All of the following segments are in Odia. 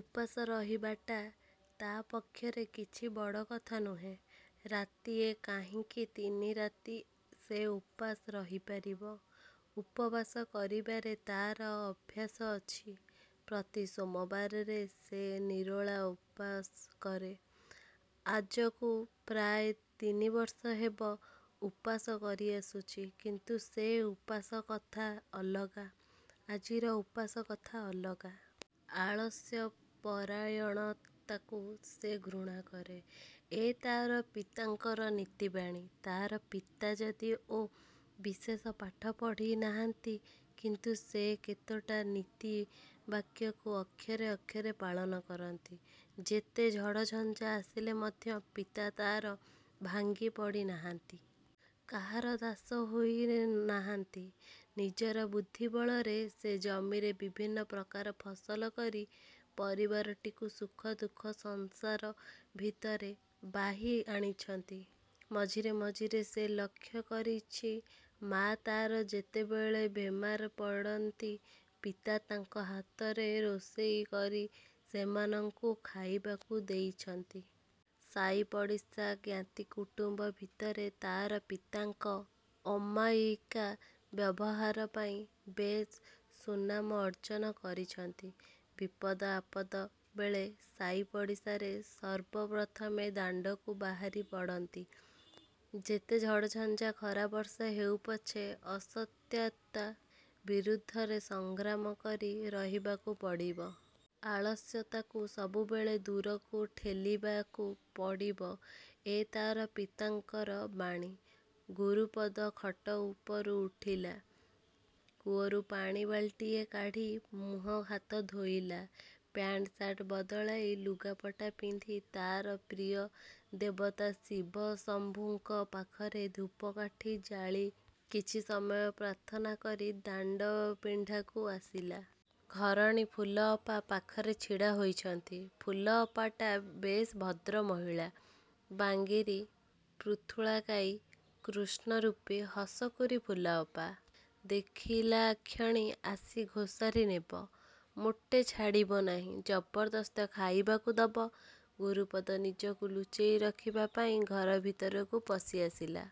ଉପାସ ରହିବାଟା ତା'ପକ୍ଷରେ କିଛି ବଡ଼ କଥା ନୁହେଁ। ରାତିଏ କାହିଁକି ତିନି ରାତି ସେ ଉପାସ ରହିପାରିବ। ଉପବାସ କରିବାରେ ତା'ର ଅଭ୍ୟାସ ଅଛି। ପ୍ରତି ସୋମବାରରେ ସେ ନିରୋଳା ଉପାସ କରେ। ଆଜକୁ ପ୍ରାୟ ତିନିବର୍ଷ ହେବ ଉପାସ କରିଆସୁଛି। କିନ୍ତୁ ସେ ଉପାସ କଥା ଅଲଗା, ଆଜିର ଉପାସ କଥା ଅଲଗା। ଆଳସ୍ୟପରାୟଣତାକୁ ସେ ଘୃଣା କରେ। ଏ ତା'ର ପିତାଙ୍କର ନୀତି ବାଣୀ। ତା'ର ପିତା ଯଦିଓ ବିଶେଷ ପାଠ ପଢ଼ି ନାହାନ୍ତି, କିନ୍ତୁ ସେ କେତଟା ନୀତି ବାକ୍ୟକୁ ଅକ୍ଷରେ ଅକ୍ଷରେ ପାଳନ କରନ୍ତି। ଯେତେ ଝଡ଼ ଝଞ୍ଜା ଆସିଲେ ମଧ୍ୟ ପିତା ତା'ର ଭାଙ୍ଗି ପଡ଼ି ନାହାନ୍ତି। କାହାର ଦାସ ହୋଇ ନାହାନ୍ତି। ନିଜର ବୁଦ୍ଧିବଳରେ ସେ ଜମିରେ ବିଭିନ୍ନ ପ୍ରକାର ଫସଲ କରି ପରିବାରଟିକୁ ସୁଖ ଦୁଃଖ ସଂସାର ଭିତରେ ବାହି ଆଣିଛନ୍ତି। ମଝିରେ ମଝିରେ ସେ ଲକ୍ଷ୍ୟ କରିଛି ମା' ତା'ର ଯେତେବେଳେ ବେମାର ପଡ଼ନ୍ତି ପିତା ତା'ଙ୍କ ହାତରେ ରୋଷେଇ କରି ସେମାନଙ୍କୁ ଖାଇବାକୁ ଦେଇଛନ୍ତି। ସାଇ ପଡ଼ିଶା ଜ୍ଞାତି କୁଟୁମ୍ୱ ଭିତରେ ତା'ର ପିତାଙ୍କ ଅମାୟିକା ବ୍ୟବହାର ପାଇଁ ବେଶ୍ ସୁନାମ ଅର୍ଜ୍ଜନ କରିଛନ୍ତି। ବିପଦ ଆପଦ ବେଳେ ସାଇପଡ଼ିଶାରେ ସର୍ବ ପ୍ରଥମେ ଦାଣ୍ଡକୁ ବାହାରି ପଡ଼ନ୍ତି। ଯେତେ ଝଡ଼ଝଞ୍ଜା ଖରା ବର୍ଷା ହେଉ ପଛେ, ଅସତ୍ୟତା ବିରୁଦ୍ଧରେ ସଂଗ୍ରାମ କରି ରହିବାକୁ ପଡ଼ିବ। ଆଳସ୍ୟତାକୁ ସବୁବେଳେ ଦୂରକୁ ଠେଲିବାକୁ ପଡ଼ିବ ଏ ତା'ର ପିତାଙ୍କର ବାଣୀ। ଗୁରୁପଦ ଖଟ ଉପରୁ ଉଠିଲା। କୂଅରୁ ପାଣି ବାଲ୍ ଟିଏ କାଢ଼ି ମୁହଁ ହାତ ଧୋଇଲା। ପ୍ୟାଣ୍ଟ ସାଟ୍ ବଦଳାଇ ଲୁଗାପଟା ପିନ୍ଧି ତା'ର ପ୍ରିୟ ଦେବତା ଶିବ ଶମ୍ଭୁଙ୍କ ପାଖରେ ଧୂପକାଠି ଜାଳି କିଛି ସମୟ ପ୍ରାର୍ଥନା କରି ଦାଣ୍ଡ ପିଣ୍ଡାକୁ ଆସିଲା। ଘରଣୀ ଫୁଲଅପା ପାଖରେ ଛିଡ଼ା ହୋଇଛନ୍ତି। ଫୁଲଅପାଟା ବେଶ୍ ଭଦ୍ର ମହିଳା। ବାଙ୍ଗିରି ପୃଥୁଳାକାୟୀ, କୃଷ୍ଣରୂପୀ, ହସକୁରୀ ଫୁଲଅପା। ଦେଖିଲାକ୍ଷଣି ଆସି ଘୋଷାରି ନେବ। ମୋଟେ ଛାଡ଼ିବ ନାହିଁ। ଜବରଦସ୍ତ ଖାଇବାକୁ ଦବ। ଗୁରୁପଦ ନିଜକୁ ଲୁଚେଇ ରଖିବା ପାଇଁ ଘର ଭିତରକୁ ପଶି ଆସିଲା।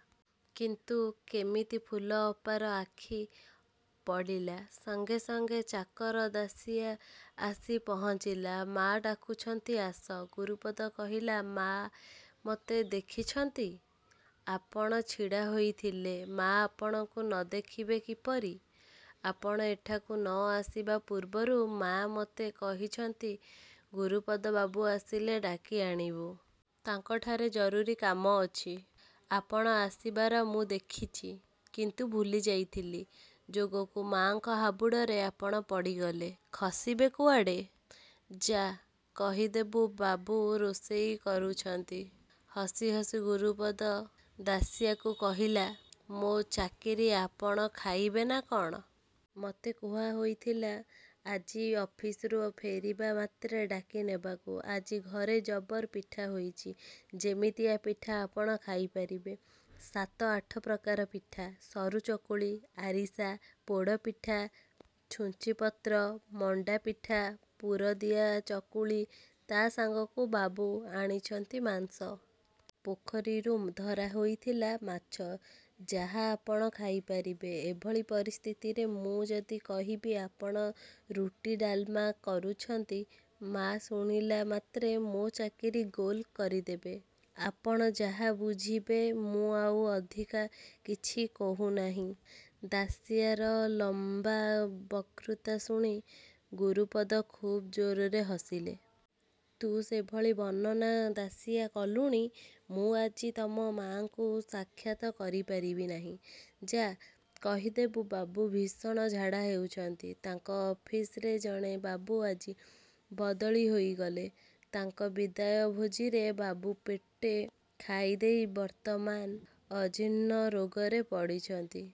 କିନ୍ତୁ କେମିତି ଫୁଲଅପାର ଆଖି ପଡ଼ିଲା, ସଙ୍ଗେ ସଙ୍ଗେ ଚାକର ଦାଶିଆ ଆସି ପହଞ୍ଚିଲା। ମା' ଡାକୁଛନ୍ତି ଆସ। ଗୁରୁପଦ କହିଲା। ମା' ମୋତେ ଦେଖିଛନ୍ତି? ଆପଣ ଛିଡ଼ା ହୋଇଥିଲେ; ମା' ଆପଣଙ୍କୁ ନ ଦେଖିବେ କିପରି? ଆପଣ ଏଠାକୁ ନ ଆସିବା ପୂର୍ବରୁ ମା' ମୋତେ କହିଛନ୍ତି, ଗୁରୁପଦ ବାବୁ ଆସିଲେ ଡାକି ଆଣିବୁ। ତାଙ୍କଠାରେ ଜରୁରୀ କାମ ଅଛି। ଆପଣ ଆସିବାର ମୁଁ ଦେଖିଛି। କିନ୍ତୁ ଭୁଲିଯାଇଥିଲି। ଯୋଗକୁ ମା'ଙ୍କ ହାବୁଡ଼ରେ ଆପଣ ପଡ଼ିଗଲେ। ଖସିବେ କୁଆଡ଼େ? ଯା' କହିଦେବୁ ବାବୁ ରୋଷେଇ କରୁଛନ୍ତି। ହସି ହସି ଗୁରୁପଦ ଦାଶିଆକୁ କହିଲା। ମୋ ଚାକିରି ଆପଣ ଖାଇବେ ନା କ'ଣ? ମୋତେ କୁହା ହୋଇଥିଲା, ଆଜି ଅଫିସ୍ ରୁ ଫେରିବା ମାତ୍ରେ ଡାକି ନେବାକୁ। ଆଜି ଘରେ ଜବର ପିଠା ହୋଇଛି। ଯେମିତିଆ ପିଠା ଆପଣ ଖାଇପାରିବେ। ସାତ ଆଠ ପ୍ରକାର ପିଠା, ସରୁ ଚକୁଳି, ଆରିଶା, ପୋଡ଼ପିଠା, ଛୁଞ୍ଚିପତ୍ର, ମଣ୍ଡାପିଠା, ପୁରଦିଆ ଚକୁଳି ତା' ସାଙ୍ଗକୁ ବାବୁ ଆଣିଛନ୍ତି ମାଂସ। ପୋଖରୀରୁ ଧରା ହୋଇଥିଲା ମାଛ। ଯାହା ଆପଣ ଖାଇ ପାରିବେ। ଏଭଳି ପରିସ୍ଥିତିରେ ମୁଁ ଯଦି କହିବି ଆପଣ ରୁଟି ଡାଲ୍ମା କରୁଛନ୍ତି, ମା' ଶୁଣିଲା ମାତ୍ରେ ମୋ ଚାକିରି ଗୋଲ କରିଦେବେ। ଆପଣ ଯାହା ବୁଝିବେ। ମୁଁ ଆଉ ଅଧିକା କିଛି କହୁନାହିଁ। ଦାଶିଆର ଲମ୍ୱା ବକୃତା ଶୁଣି, ଗୁରୁପଦ ଖୁବ୍ ଜୋରରେ ହସିଲେ। ତୁ ସେଭଳି ବର୍ଣ୍ଣନା ଦାଶିଆ କଲୁଣି, ମୁଁ ଆଜି ତମ ମା'ଙ୍କୁ ସାକ୍ଷାତ କରି ପାରିବି ନାହିଁ। ଯା' କହିଦେବୁ ବାବୁ ଭୀଷଣ ଝାଡ଼ା ହେଉଛନ୍ତି। ତାଙ୍କ ଅଫିସ୍ ରେ ଜଣେ ବାବୁ ଆଜି ବଦଳି ହୋଇଗଲେ। ତାଙ୍କ ବିଦାୟ ଭୋଜିରେ ବାବୁ ପେଟେ ଖାଇଦେଇ ବର୍ତ୍ତମାନ ଅଜୀର୍ଣ୍ଣ ରୋଗରେ ପଡ଼ିଛନ୍ତି।